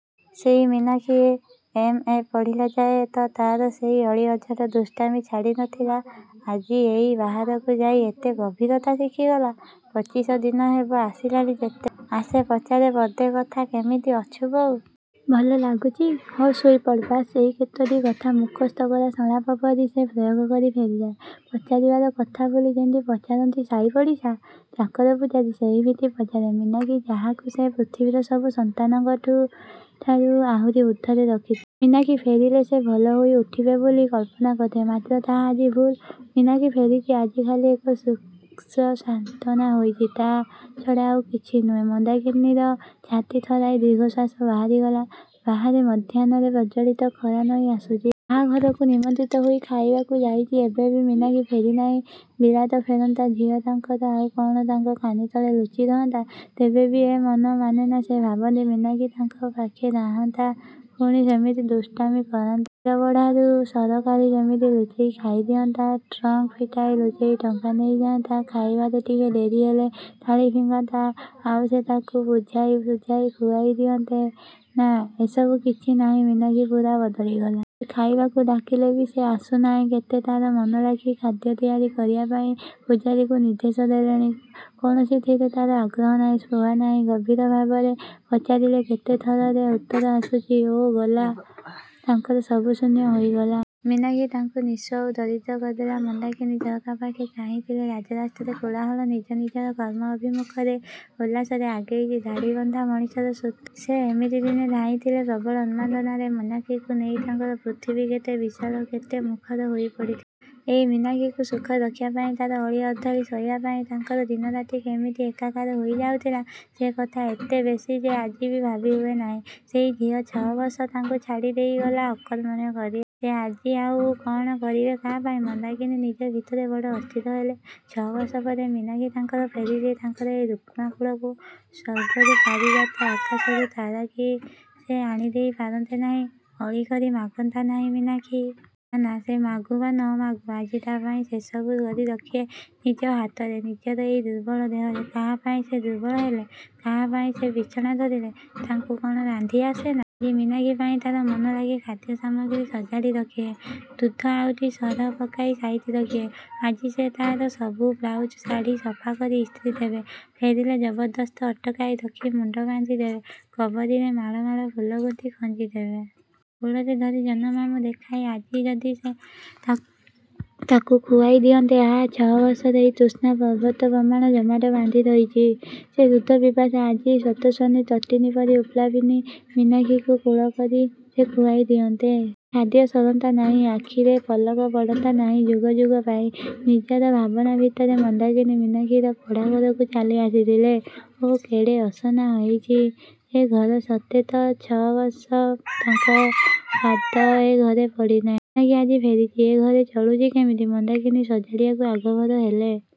ସେଇ Meenakshi M A ପଢ଼ିଲାଯାଏ ତ ତାର ସେଇ ଅଳି, ଅଝଟ, ଦୁଷ୍ଟାମି ଛାଡ଼ି ନଥିଲା । ଆଜି ଏଇ ବାହାରକୁ ଯାଇ ଏତେ ଗମ୍ଭୀରତା ଶିଖିଗଲା । ପଚିଶ ଦିନ ହେବ ଆସିଲାଣି, ଯେତେବେଳେ ଆସେ ପଚାରେ ପଦେ କଥା କେମିତି ଅଛୁ ବୋଉ? ଭଲ ଲାଗୁଚି? ହଉ, ଶୋଇପଡ଼। ବାସ୍ ଏଇ କେତୋଟି କଥା ମୁଖସ୍ଥକରା ସଂଳାପ ପରି ସେ ପ୍ରୟୋଗ କରି ଫେରିଯାଏ। ପଚାରିବାର କଥା ବୋଲି ଯେମିତି ପଚାରନ୍ତି ସାଇ ପଡ଼ିଶା, ଚାକର ପୂଝାରୀ, ସେଇମିତି ପଚାରେ । ମୀନାକ୍ଷୀ ଯାହାକୁ ସେ ପୃଥିବୀର ସବୁ ସନ୍ତାନଙ୍କଠାରୁ ଆହୁରି ଊର୍ଦ୍ଧ୍ଵରେ ରଖିଥିଲେ । ମୀନାକ୍ଷୀ ଫେରିଲେ ସେ ଭଲ ହୋଇ ଉଠିବେ ବୋଲି କଳ୍ପନା କରିଥିଲେ, ମାତ୍ର ତାହା ଆଜି ଭୁଲ୍। ମୀନାକ୍ଷୀ ଫେରିଚି ଆଜି ଖାଲି ଏକ ଶୁଷ୍କ ସାନ୍ତ୍ୱନା ହୋଇଛି, ତା ଛଡ଼ା ଆଉ କିଛି ନୁହେଁ। ମନ୍ଦାକିନୀଙ୍କର ଛାତି ଥରାଇ ଦୀର୍ଘଶ୍ଵାସ ବାହାରିଗଲା, ବାହାରେ ମଧ୍ୟାହ୍ନର ପ୍ରଜ୍ଜ୍ୱଳିତ ଖରା ନଇଁ ଆସୁଚି। କାହା ଘରକୁ ନିମନ୍ତ୍ରିତ ହୋଇ ଖାଇବାକୁ ଯାଇଚି ଏବେ ବି ମୀନାକ୍ଷୀ ଫେରି ନାହିଁ। ବିଳାତଫେରନ୍ତା ଝିଅ ତାଙ୍କର ଆଉ କଣ ତାଙ୍କ କାନି ତଳେ ଲୁଚି ରହନ୍ତା? ତେବେ ବି ଏ ମନ ମାନେନା ସେ ଭାବନ୍ତି, ମୀନାକ୍ଷୀ ତାଙ୍କ ପାଖେ ରାହନ୍ତା ପୁଣି ସେମିତି ଦୁଷ୍ଟାମି କରନ୍ତା। କ୍ଷୀରବଢ଼ାରୁ ସର କାଢ଼ି ସେମିତି ଲୁଚେଇ ଖାଇଦିଅନ୍ତା, ଟ୍ରଙ୍କ ଫିଟାଇ ଲୁଚେଇ ଟଙ୍କା ନେଇଯାଆନ୍ତା, ଖାଇବାରେ ଟିକେ ଡେରି ହେଲେ ଥାଳି ଫିଙ୍ଗନ୍ତା, ଆଉ ସେ ତାକୁ ବୁଝାଇଶୁଝାଇ ଖୁଆଇ ଦିଅନ୍ତେ । ନାଃ, ଏ ସବୁ କିଛି ନାହିଁ ମୀନାକ୍ଷୀ ପୂରା ବଦଳିଗଲା । ଏବେ ଖାଇବାକୁ ଡାକିଲେ ବି ସେ ଆସୁ ନାହିଁ। କେତେ ତାର ମନଲାଖି ଖାଦ୍ୟ ତିଆରି କରିବାପାଇଁ ସେ ପୁଝାରୀକୁ ନିର୍ଦ୍ଦେଶ ଦେଲେଣି। କୌଣସିଥିରେ ତାର ଆଗ୍ରହ ନାହିଁ, ସ୍ପୃହା ନାହିଁ। ଗମ୍ଭୀର ଭାବରେ ପଚାରିଲେ କେତେ ଥରରେ ଉତ୍ତର ଆସୁଚି, ଓଃ ଗଲା ତାଙ୍କର ସବୁ ଶୂନ୍ୟ ହୋଇଗଲା। ମୀନାକ୍ଷୀ ତାଙ୍କୁ ନିଃସ୍ୱ, ଦରିଦ୍ର କରିଦେଲା । ମନ୍ଦାକିନୀ ଝରକାପାଖେ ଚାହିଁଥିଲେ, ରାଜରାସ୍ତାରେ କୋଳାହଳ ନିଜ ନିଜର କର୍ମ ଅଭିମୁଖରେ ଉଲ୍ଲାସରେ ଆଗେଇଚି ଧାଡ଼ିବନ୍ଧା ମଣିଷର ସ୍ରୋତ। ସେ ଏମିତି ଦିନେ ଧାଇଁଥିଲେ ପ୍ରବଳ ଉନ୍ମାଦନାରେ। ମୀନାକ୍ଷୀକୁ ନେଇ ତାଙ୍କର ପୃଥିବୀ କେତେ ବିଶାଳ, କେତେ ମୁଖର ହୋଇପଡ଼ିଥିଲା? ଏଇ ମୀନାକ୍ଷୀକୁ ସୁଖରେ ରଖିବାପାଇଁ, ତାର ଅଳି ଅର୍ଦ୍ଦଳି ସହିବାପାଇଁ, ତାଙ୍କର ଦିନରାତି କେମିତି ଏକାକାର ହୋଇ ଯାଉଥିଲା ସେ କଥା ଏତେ ବେଶୀ ଯେ ଆଜି ବି ଭାବି ହୁଏ ନାହିଁ। ସେଇ ଝିଅ ଛ ବର୍ଷ ତାଙ୍କୁ ଛାଡ଼ି ଦେଇଗଲା ଅକର୍ମଣ୍ୟ କରି। ସେ ଆଜି ଆଉ କଣ କରିବେ କା ପାଇଁ? ମନ୍ଦାକିନୀ ନିଜ ଭିତରେ ବଡ଼ ଅସ୍ଥିର ହେଲେ। ଛ ବର୍ଷ ପରେ ମୀନାକ୍ଷୀ ତାଙ୍କର ଫେରିଚି, ତାଙ୍କର ଏ ରୁଗ୍ଣ କୋଳକୁ। ସ୍ୱର୍ଗରୁ ପାରିଜାତ ଆକାଶରୁ ତାରା କି ସେ ଆଣିଦେଇ ପାରନ୍ତେ ନାହିଁ? ଅଳି କରି ମାଗନ୍ତା ନାହିଁ ମୀନାକ୍ଷୀ? ନା ନା ସେ ମାଗୁ ବା ନ ମାଗୁ ଆଜି ତା ପାଇଁ ସେ ସବୁ କରି ରଖିବେ ନିଜ ହାତରେ, ନିଜର ଏଇ ଦୁର୍ବଳ ଦେହରେ। କାହାପାଇଁ ସେ ଦୁର୍ବଳ ହେଲେ? କାହାପାଇଁ ସେ ବିଛଣା ଧରିଲେ? ତାଙ୍କୁ କଣ ରାନ୍ଧି ଆସେ ନା? ଆଜି ସେ ମୀନାକ୍ଷୀପାଇଁ ତାର ମନଲାଖି ଖାଦ୍ୟସାମଗ୍ରୀ ସଜାଡ଼ି ରଖିବେ। ଦୁଧ ଆଉଟି, ସର ପକାଇ ସାଇତି ରଖିବେ। ଆଜି ସେ ତାର ସବୁ ବ୍ଲାଉଜ୍, ଶାଢ଼ି ସଫା କରି ଇସ୍ତ୍ରୀ ଦେବେ। ଫେରିଲେ ଜବରଦସ୍ତ ଅଟକାଇ ରଖି ମୁଣ୍ଡ ବାନ୍ଧି ଦେବେ। କବରୀରେ ମାଳ ମାଳ ଫୁଲ ଗୁନ୍ଥି ଖଞ୍ଜି ଦେବେ। କୋଳରେ ଧରି ଜହ୍ନମାମୁଁ ଦେଖାଇ ଆଜି ଯଦି ସେ ତାକୁ ଖୁଆଇ ଦିଅନ୍ତେ ଆଃ ଛ ବର୍ଷର ଏହି ତୃଷ୍ଣା ପର୍ବତପ୍ରମାଣ ଜମାଟ ବାନ୍ଧି ରହିଚି। ସେ ରୁଦ୍ଧ ପିପାସା ଆଜି ସ୍ରୋତସ୍ୱିନୀ ତଟିନୀ ପରି ଉତ୍ପ୍ଲାବିନୀ ମୀନାକ୍ଷୀକୁ କୋଳକରି ସେ ଖୁଆଇ ଦିଅନ୍ତେ । ସେ ଖାଦ୍ୟ ସରନ୍ତା ନାହିଁ, ଆଖିରେ ପଲକ ପଡ଼ନ୍ତା ନାହିଁ ଯୁଗ ଯୁଗ ପାଇଁ। ନିଜର ଭାବନାଭିତରେ ମନ୍ଦାକିନୀ ମୀନାକ୍ଷୀର ପଢ଼ା ଘରକୁ ଚାଲିଆସିଥିଲେ। ଓଃ, କେଡ଼େ ଅସନା ହେଇଚି ଏ ଘର ସତେ ତ ଛ ବର୍ଷ ତାଙ୍କ ପାଦ ଏ ଘରେ ପଡ଼ି ନାହିଁ । ମୀନାକ୍ଷୀ ଆଜି ଫେରିଚି, ଏ ଘରେ ଚଳୁଚି କେମିତି? ମନ୍ଦାକିନୀ ସଜାଡ଼ିବାକୁ ଆଗଭର ହେଲେ।